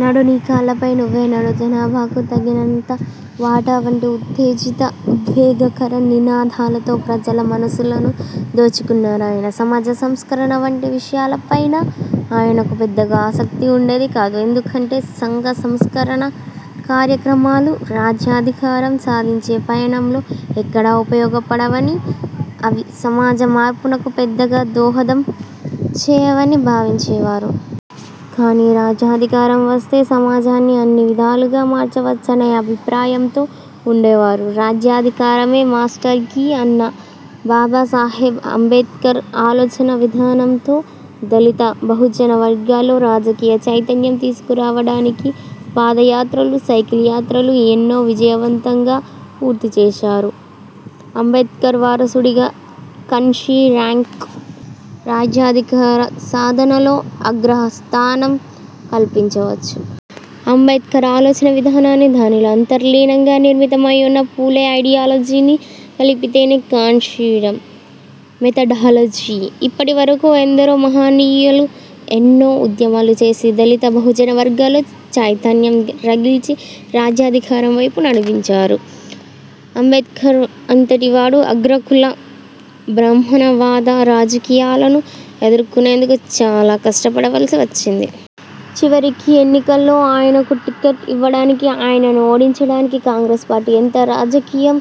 నడు, నీ కాళ్లపై నువ్వే నడు'', ''జనాభాకు తగినంత వాటా'' వంటి ఉత్తేజిత ఉద్వేగకర నినాదాలతో ప్రజల మనసులను దోచుకున్నరాయన. సమాజ సంస్కరణ వంటి విషయాలపైన ఆయనకు పెద్దగా ఆసక్తి ఉండేది కాదు. ఎందుకంటే సంఘ సంస్కరణ కార్యక్రమాలు రాజ్యాధికారం సాధించే పయనంలో ఎక్కడా ఉపయోగపడవని, అవి సమాజ మార్పునకు పెద్దగా దోహదం చేయవని భావించే వారు. కాని రాజ్యాధికారం వస్తే సమాజాన్ని అన్ని విధాలుగా మార్చవచ్చనే అభిప్రాయంతో ఉండేవారు. రాజ్యాధికారమే ''మాస్టర్ కీ'' అన్న బాబాసాహెబ్ అంబేడ్కర్ ఆలోచన విధానంతో దళిత, బహుజన వర్గాల్లో రాజకీయ చైతన్యం తీసుకురావడానికి పాదయాత్రలు, సైకిల్ యాత్రలు ఎన్నో విజయవంతంగా పూర్తి చేశారు. అంబేడ్కర్ వారసుడిగా కన్షీరాంకు రాజ్యాధికార సాధనలో అగ్రస్థానం కల్పించవచ్చు. అంబేడ్కర్ ఆలోచన విధానాన్ని, దానిలో అంతర్లీనంగా నిర్మితమైయున్న ఫూలే ఐడియాలజీని కలిపితేనే కాన్షీరాం మెథడాలజీ. ఇప్పటి వరకు ఎందరో మహనీయులు ఎన్నో ఉద్యమాలు చేసి దళిత, బహుజన వర్గాల్లో చైతన్యం రగిల్చి, రాజ్యాధికారం వైపు నడిపించారు. అంబేడ్కర్ అంతటి వాడు అగ్రకుల, బ్రహ్మణవాద రాజకీయాలను ఎదుర్కొనేందుకు చాలా కష్టపడవలసి వచ్చింది. చివరికి ఎన్నికల్లో ఆయనకు టిక్కెట్ ఇవ్వడానికి, ఆయనను ఓడించడానికి కాంగ్రెస్ పార్టీ ఎంత రాజకీయం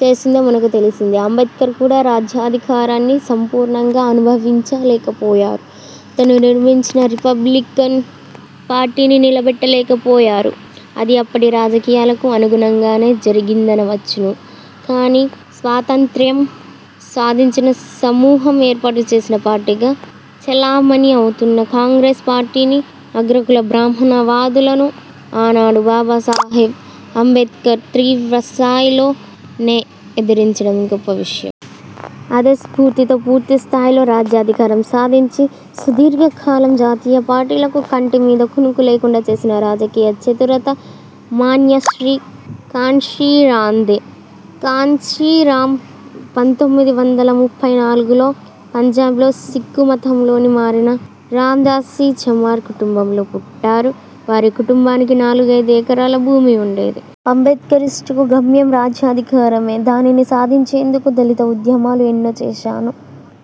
చేసిందో మనకు తెలిసిందే. అంబేడ్కర్ కూడా రాజ్యాధికారాన్ని సంపూర్ణంగా అనుభవించ లేకపోయారు. తను నిర్మించిన రిపబ్లికన్ పార్టీని నిలబెట్టలేకపోయారు. అది అప్పటి రాజకీయాలకు అనుగుణంగానే జరిగిందనవచ్చును. కానీ స్వాతంత్య్రం సాధించిన సమూహం ఏర్పాటు చేసిన పార్టీగా చెలామణి అవుతున్న కాంగ్రెస్ పార్టీని, అగ్రకుల బ్రహ్మాణవాదులను ఆనాడు బాబాసాహెబ్ అంబేడ్కర్ తీవ్రస్థాయిలోనే ఎదిరించడం గొప్ప విషయం. అదే స్ఫూర్తితో పూర్తిస్థాయిలో రాజ్యాధికారం సాధించి సుధీర్ఘ కాలం జాతీయ పార్టీలకు కంటి మీద కునుకు లేకుండా చేసిన రాజకీయ చతురత మాన్యశ్రీ కాన్షీరాందే. కాన్షీరాం పంతొమ్మిది వందల ముప్పై నాలుగులో పంజాబ్లో సిక్కుమతంలోనీ మారిన రాందాసీ చమార్ కుటుంబంలో పుట్టారు. వారి కుటుంబానికి నాలుగైదు ఎకరాల భూమి ఉండేది. అంబేడ్కరిస్టుకు గమ్యం రాజ్యాధికారమే. దానిని సాధించేందుకు దళిత ఉద్యమాలు ఎన్నో చేశాను.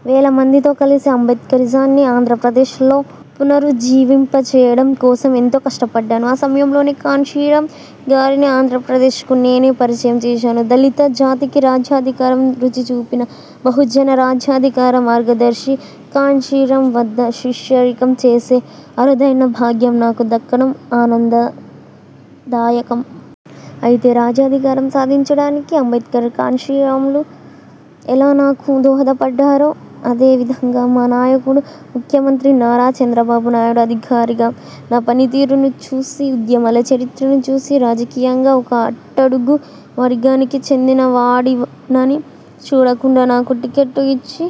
వేలమందితో కలిసి అంబేడ్కరిజాన్ని ఆంధ్రప్రదేశ్లో పునరుజ్జీవింపచేయడం కోసం ఎంతో కష్టపడ్డాను. ఆ సమయంలోనే కాన్షీరాం గారిని ఆంధ్రప్రదేశ్కు నేనే పరిచయం చేశాను. దళిత జాతికి రాజ్యాధికారం రుచిచూపిన బహుజన రాజ్యాధికార మార్గదర్శి కాన్షీరాం వద్ద శిష్యరికం చేసే అరుదైన భాగ్యం నాకు దక్కడం ఆనందదాయకం. అయితే రాజ్యాధికారం సాధించడానికి అంబేడ్కర్, కాన్షీరాంలు ఎలా నాకు దోహదపడ్డారో అదే విధంగా మా నాయకుడు, ముఖ్యమంత్రి నారా చంద్రబాబు నాయుడు అధికారిగా నా పనితీరును చూసి ఉద్యమాల చరిత్రను చూసి రాజకీయంగా ఒక అట్టడుగు వర్గానికి చెందినవాడినని చూడకుండా, నాకు టిక్కెట్టు ఇచ్చి,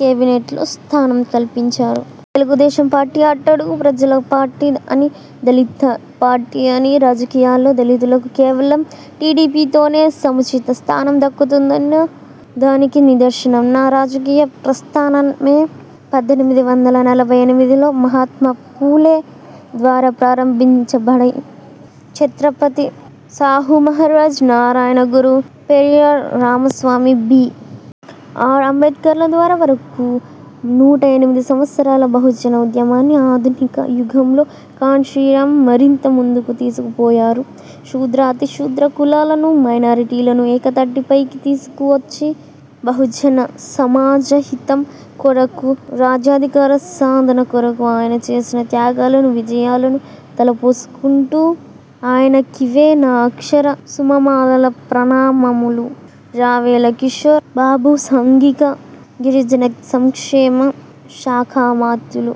కేబినేట్లో స్థానం కల్పించారు. తెలుగుదేశం పార్టీ అట్టడుగు ప్రజల పార్టీ అని, దళిత పార్టీ అని, రాజకీయాల్లో దళితులకు కేవలం టీడీపీతోనే సముచిత స్థానం దక్కుతుందన్న దానికి నిదర్శనం నా రాజకీయ ప్రస్థానమే. పద్దెనిమిది వందల నలభై ఎనిమిదిలో మహాత్మా ఫూలే ద్వారా ప్రారంభించబడి ఛత్రపతి సాహుమహరాజ్, నారాయణ గురు, పెరియార్ రామస్వామి, బి. ఆర్. అంబేడ్కర్ల ద్వారా వరకు నూట ఎనిమిది సంవత్సరాల బహుజన ఉద్యమాన్ని ఆధునిక యుగంలో కాన్షీరాం మరింత ముందుకు తీసుకుపోయారు. శూద్ర, అతిశూద్ర కులాలను, మైనారిటీలను ఏకతాటిపైకి తీసుకువచ్చి బహుజన సమాజహితం కొరకు రాజ్యాధికార సాధన కొరకు ఆయన చేసిన త్యాగాలను, విజయాలను తలపోసుకుంటూ ఆయనకివే నా అక్షర సుమమాలల ప్రణామములు. రావెల కిషోర్ బాబుసాంఘిక, గిరిజన సంక్షేమ శాఖామాత్యులు